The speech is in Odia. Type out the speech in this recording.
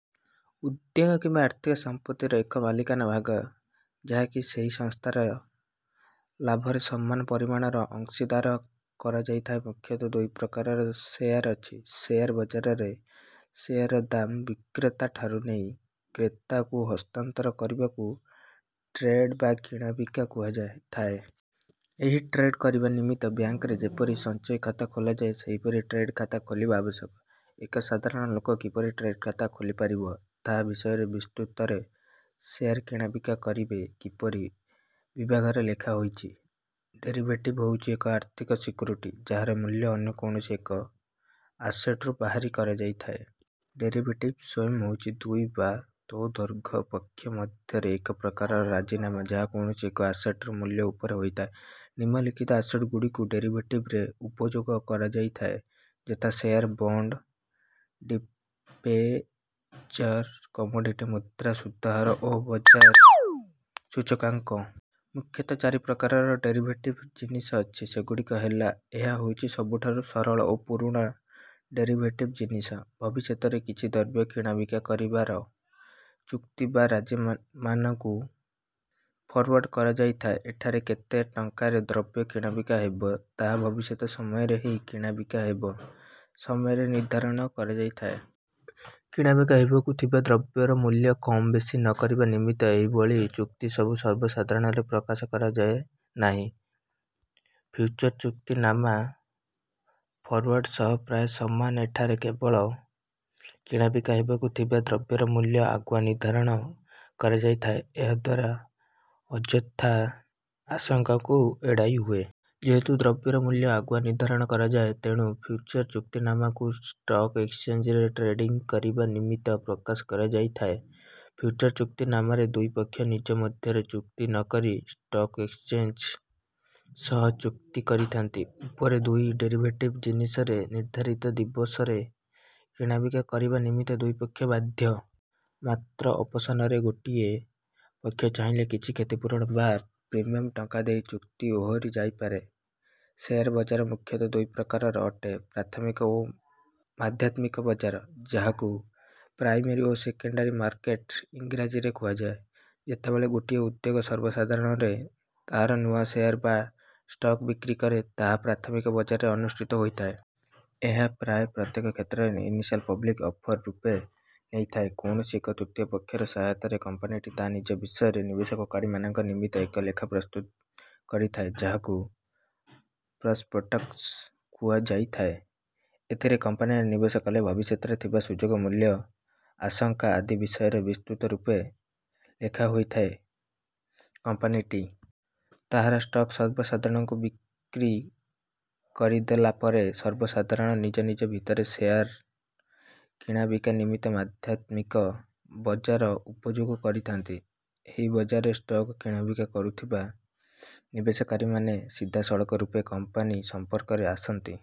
ଉଦ୍ୟୋଗ କିମ୍ବା ଆର୍ଥିକ ସମ୍ପତ୍ତିର ଏକ ମାଲିକାନା ଭାଗ, ଯାହାକି ସେହି ସଂସ୍ଥାର ଲାଭରେ ସମାନ ପରିମାଣର ଅଂଶୀଦାର କରାଯାଇଥାଏ। ମୁଖ୍ୟତଃ ଦୁଇ ପ୍ରକାରର ଶେୟାର ଅଛି। ଶେୟାର ବଜାରରେ ଶେୟାରର ଦାମ ବିକ୍ରେତାଠାରୁ ନେଇ କ୍ରେତାକୁ ହସ୍ତାନ୍ତର କରିବାକୁ ଟ୍ରେଡିଂ ବା କିଣାବିକା କୁହାଯାଇଥାଏ। ଏହି ଟ୍ରେଡିଂ କରିବା ନିମିତ୍ତ ବ୍ୟାଙ୍କରେ ଯେପରି ସଞ୍ଚୟ ଖାତା ଖୋଲାଯାଏ, ସେପରି ଟ୍ରେଡିଂ ଖାତା ଖୋଲିବା ଆବଶ୍ୟକ। ଏକ ସାଧାରଣ ଲୋକ କିପରି ଟ୍ରେଡିଂ ଖାତା ଖୋଲିପାରିବ, ତାହା ବିଷୟରେ ବିସ୍ତୃତରେ "ଶେୟାର କିଣାବିକା କରିବେ କିପରି" ବିଭାଗରେ ଲେଖାହୋଇଛି। ଡେରିଭେଟିଭ ହେଉଛି ଏକ ଆର୍ଥିକ ସିକ୍ୟୁରିଟି, ଯାହାର ମୂଲ୍ୟ ଅନ୍ୟ କୌଣସି ଏକ ଆସେଟରୁ ବାହାର କରାଯାଇଥାଏ। ଡେରିଭେଟିଭ ସ୍ୱୟଂ ହେଉଛି ଦୁଇ ବା ତଦୂର୍ଦ୍ଧ୍ୱ ପକ୍ଷ ମଧ୍ୟରେ ଏକ ପ୍ରକାର ରାଜିନାମା, ଯାହା କୌଣସି ଏକ ଆସେଟର ମୂଲ୍ୟ ଉପରେ ହୋଇଥାଏ। ନିମ୍ନଲିଖିତ ଆସେଟଗୁଡ଼ିକୁ ଡେରିଭେଟିଭରେ ଉପଯୋଗ କରାଯାଇଥାଏ ଯଥା ଶେୟାର, ବଣ୍ଡ, ଡିବେଞ୍ଚର, କମୋଡିଟି, ମୁଦ୍ରା, ସୁଧହାର ଓ ବଜାର ସୂଚକାଙ୍କ। ମୁଖ୍ୟତଃ ଚାରି ପ୍ରକାରର ଡେରିଭେଟିଭ ଜିନିଷ ଅଛି। ସେଗୁଡ଼ିକ ହେଲା:ଏହା ହେଉଛି ସବୁଠାରୁ ସରଳ ଏବଂ ପୁରୁଣା ଡେରିଭେଟିଭ ଜିନିଷ। ଭବିଷ୍ୟତରେ କିଛି ଦ୍ରବ୍ୟ କିଣାବିକା କରିବାର ଚୁକ୍ତି ବା ରାଜିନାମାକୁ ଫରୱାର୍ଡ କୁହାଯାଇଥାଏ। ଏଠାରେ କେତେ ଟଙ୍କାରେ ଦ୍ରବ୍ୟ କିଣାବିକା ହେବ, ତାହା ଭବିଷ୍ୟତ ସମୟରେ ହିଁ କିଣାବିକା ହେବା ସମୟରେ ନିର୍ଦ୍ଧାରଣ କରାଯାଇଥାଏ। କିଣାବିକା ହେବାକୁ ଥିବା ଦ୍ରବ୍ୟର ମୂଲ୍ୟର କମ୍-ବେଶି ନ କରିବା ନିମିତ୍ତ ଏହିଭଳି ଚୁକ୍ତିସବୁ ସର୍ବସାଧାରଣରେ ପ୍ରକାଶ କରାଯାଏ ନାହିଁ। ଫ୍ୟୁଚର ଚୁକ୍ତିନାମା ଫରୱାର୍ଡ ସହ ପ୍ରାୟ ସମାନ, ଏଠାରେ କେବଳ କିଣାବିକା ହେବାକୁ ଥିବା ଦ୍ରବ୍ୟର ମୂଲ୍ୟ ଆଗୁଆ ନିର୍ଦ୍ଧାରଣ କରାଯାଇଥାଏ। ଏହାଦ୍ୱାରା ଅଯଥା ଆଶଙ୍କାକୁ ଏଡ଼ାଇହୁଏ। ଯେହେତୁ ଦ୍ରବ୍ୟର ମୂଲ୍ୟ ଆଗୁଆ ନିର୍ଦ୍ଧାରଣ କରାଯାଏ, ତେଣୁ ଫ୍ୟୁଚର ଚୁକ୍ତିନାମାଗୁଡ଼ିକୁ ଷ୍ଟକ୍ ଏକ୍ସଚେଞ୍ଜରେ ଟ୍ରେଡିଂ କରିବା ନିମିତ୍ତ ପ୍ରକାଶ କରାଯାଇଥାଏ। ଫ୍ୟୁଚର ଚୁକ୍ତିନାମାରେ ଦୁଇ ପକ୍ଷ ନିଜ ମଧ୍ୟରେ ଚୁକ୍ତି ନ କରି ଷ୍ଟକ୍ ଏକ୍ସଚେଞ୍ଜ ସହ ଚୁକ୍ତି କରିଥାନ୍ତି। ଉପର ଦୁଇ ଡେରିଭେଟିଭ ଜିନିଷରେ ନିର୍ଦ୍ଧାରିତ ଦିବସରେ କିଣାବିକା କରିବା ନିମିତ୍ତ ଦୁଇ ପକ୍ଷ ବାଧ୍ୟ। ମାତ୍ର ଅପସନରେ ଗୋଟିଏ ପକ୍ଷ ଚାହିଁଲେ କିଛି କ୍ଷତିପୂରଣ ବା ପ୍ରିମିୟମ ଟଙ୍କା ଦେଇ ଚୁକ୍ତିରୁ ଓହରି ଯାଇପାରେ। ଶେୟାର ବଜାର ମୁଖ୍ୟତଃ ଦୁଇ ପ୍ରକାରର ଅଟେ ପ୍ରାଥମିକ ଏବଂ ମାଧ୍ୟମିକ ବଜାର, ଯାହାକୁ ପ୍ରାଇମେରୀ ଓ ସେକେଣ୍ଡାରୀ ମାର୍କେଟ ଇଂରାଜୀରେ କୁହାଯାଏ। ଯେତେବେଳେ ଗୋଟିଏ ଉଦ୍ୟୋଗ ସର୍ବସାଧାରଣରେ ତାହାର ନୂଆ ଶେୟାର ବା ଷ୍ଟକ୍ ବିକ୍ରି କରେ, ତାହା ପ୍ରାଥମିକ ବଜାରରେ ଅନୁଷ୍ଠିତ ହୋଇଥାଏ। ଏହା ପ୍ରାୟ ପ୍ରତ୍ୟେକ କ୍ଷେତ୍ରରେ ଇନିସିଆଲ ପବ୍ଲିକ ଅଫରିଂ ର ରୂପ ନେଇଥାଏ। କୌଣସି ଏକ ତୃତୀୟ ପକ୍ଷର ସହାୟତାରେ, କମ୍ପାନୀଟି ତା' ନିଜ ବିଷୟରେ ନିବେଶକାରୀମାନଙ୍କ ନିମିତ୍ତ ଏକ ଲେଖା ପ୍ରସ୍ତୁତ କରିଥାଏ, ଯାହାକୁ ପ୍ରସପେକ୍ଟସ କୁହାଯାଇଥାଏ। ଏଥିରେ କମ୍ପାନୀରେ ନିବେଶ କଲେ ଭବିଷ୍ୟତରେ ଥିବା ସୁଯୋଗ, ମୂଲ୍ୟ, ଆଶଙ୍କା ଆଦି ବିଷୟରେ ବିସ୍ତୃତ ରୂପେ ଲେଖାହୋଇଥାଏ। କମ୍ପାନୀଟି ତାହାର ଷ୍ଟକ୍ ସର୍ବସାଧାରଣଙ୍କୁ ବିକ୍ରି କରିଦେଲା ପରେ, ସର୍ବସାଧାରଣ ନିଜ ନିଜ ଭିତରେ ଶେୟାର କିଣାବିକା ନିମିତ୍ତ ମାଧ୍ୟମିକ ବଜାର ଉପଯୋଗ କରିଥାନ୍ତି। ଏହି ବଜାରରେ ଷ୍ଟକ୍ କିଣାବିକା କରୁଥିବା ନିବେଶକାରୀମାନେ ସିଧାସଳଖ ରୂପେ କମ୍ପାନୀ ସମ୍ପର୍କରେ ଆସନ୍ତି